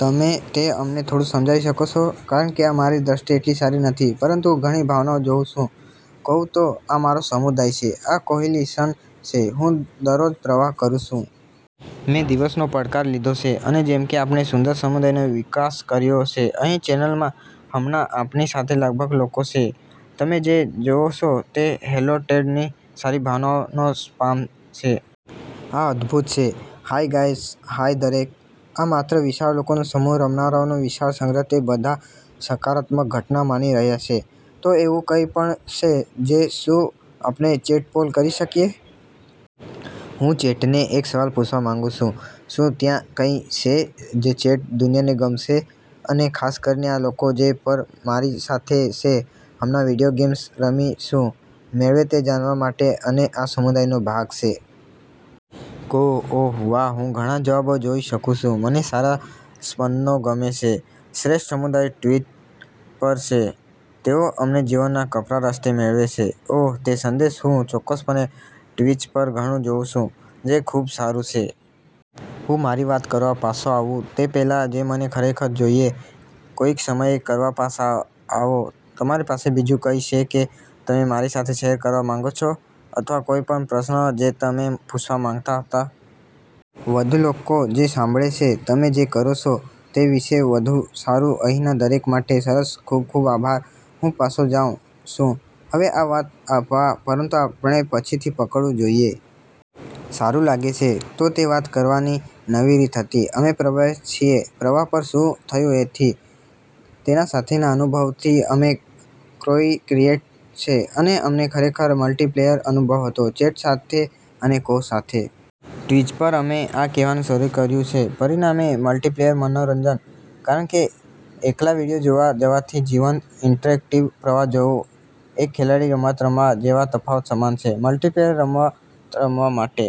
તમે તે અમને થોડું સમજાવી શકો સો? કારણ કે મારી દૃષ્ટિ એટલી સારી નથી પરંતુ હું ઘણી ભાવનાઓ જોઉં સુ. કઉ: તો આ મારો સમુદાય છે, આ કોહિલિશન છે. હું દરરોજ પ્રવાહ કરું સુ. મે દિવસનો પડકાર લીધો સે અને જેમ કે આપણે સુંદર સમુદાયનો વિકાસ કર્યો સે અહીં ચેનલમાં. હમણાં આપણી સાથે લગભગ લોકો સે. તમે જે જોવો સો તે "હેલો ટેડ" ની સારી ભાવનાઓનો સ્પામ છે. "આ અદ્ભુત છે," "હાય ગાય્સ," "હાય, દરેક." આ માત્ર વિશાળ લોકોનો સમૂહ રમનારાઓનો વિશાળ સંગ્રહ તે બધા સકારાત્મક ઘટના માણી રહ્યા સે. તો એવું કંઈ પણ સે જે શું આપણે ચેટ પોલ કરી શકીએ? હું ચેટને એક સવાલ પૂછવા માંગું સુ; "શું ત્યાં કઈ સે જે ચેટ દુનિયાને ગમશે? અને ખાસ કરીને આ લોકો જે પર મારી સાથે સે હમણાં, વિડિયો ગેમ્સ રમી શું મેળવે તે જાણવા માટે અને આ સમુદાયનો ભાગ સે?" કોહ: ઓહ, વાહ. હું ઘણા જવાબો જોઈ શકું સુ. "મને સારા સ્પંદનો ગમે સે." "શ્રેષ્ઠ સમુદાયો ટ્વિચ પર સે." "તેઓ અમને જીવનના કપરા રસ્તે મેળવે સે." ઓહ, તે સંદેશ હું ચોક્કસપણે ટ્વિચ પર ઘણું જોઉં સુ જે ખૂબ સારું છે. હું મારી વાત કરવા પાસો આવું તે પહેલાં જે મને ખરેખર જોઈએ કોઈક સમયે કરવા પાસા આવો. તમારી પાસે બીજું કંઈ સે કે તમે મારી સાથે શેર કરવા માંગો સો અથવા કોઈપણ પ્રશ્ન જે તમે પૂસવા માંગતા હતા? વધુ લોકો જે સાંભળે સે તમે જે કરો સો તે વિશે વધુ સારું અહીંના દરેક માટે. સરસ. ખુબ ખુબ આભાર. હું પાસો જાઉં સુ હવે આ વાત આપવા, પરંતુ આપણે પછીથી પકડવું જોઈએ. સારું લાગે છે. તો તે વાત કરવાની નવી રીત હતી. અમે પ્રભાવીત છીએ પ્રવાહ પર શું થયું એથી. તેના સાથેના અનુભવથી અમે કોઈક્રિયેટ છે અને અમને ખરેખર મલ્ટિપ્લેયર અનુભવ હતો ચેટ સાથે અને કોહ સાથે. ટ્વિચ પર અમે આ કહેવાનું શરૂ કર્યું છે. પરિણામે, "મલ્ટિપ્લેયર મનોરંજન" કારણ કે એકલા વિડિઓ જોવા જવાથી જીવંત ઇન્ટરેક્ટિવ પ્રવાહ જોવું એક ખેલાડી રમત રમવા જેવા તફાવત સમાન છે મલ્ટિપ્લેયર રમવા રમવા માટે.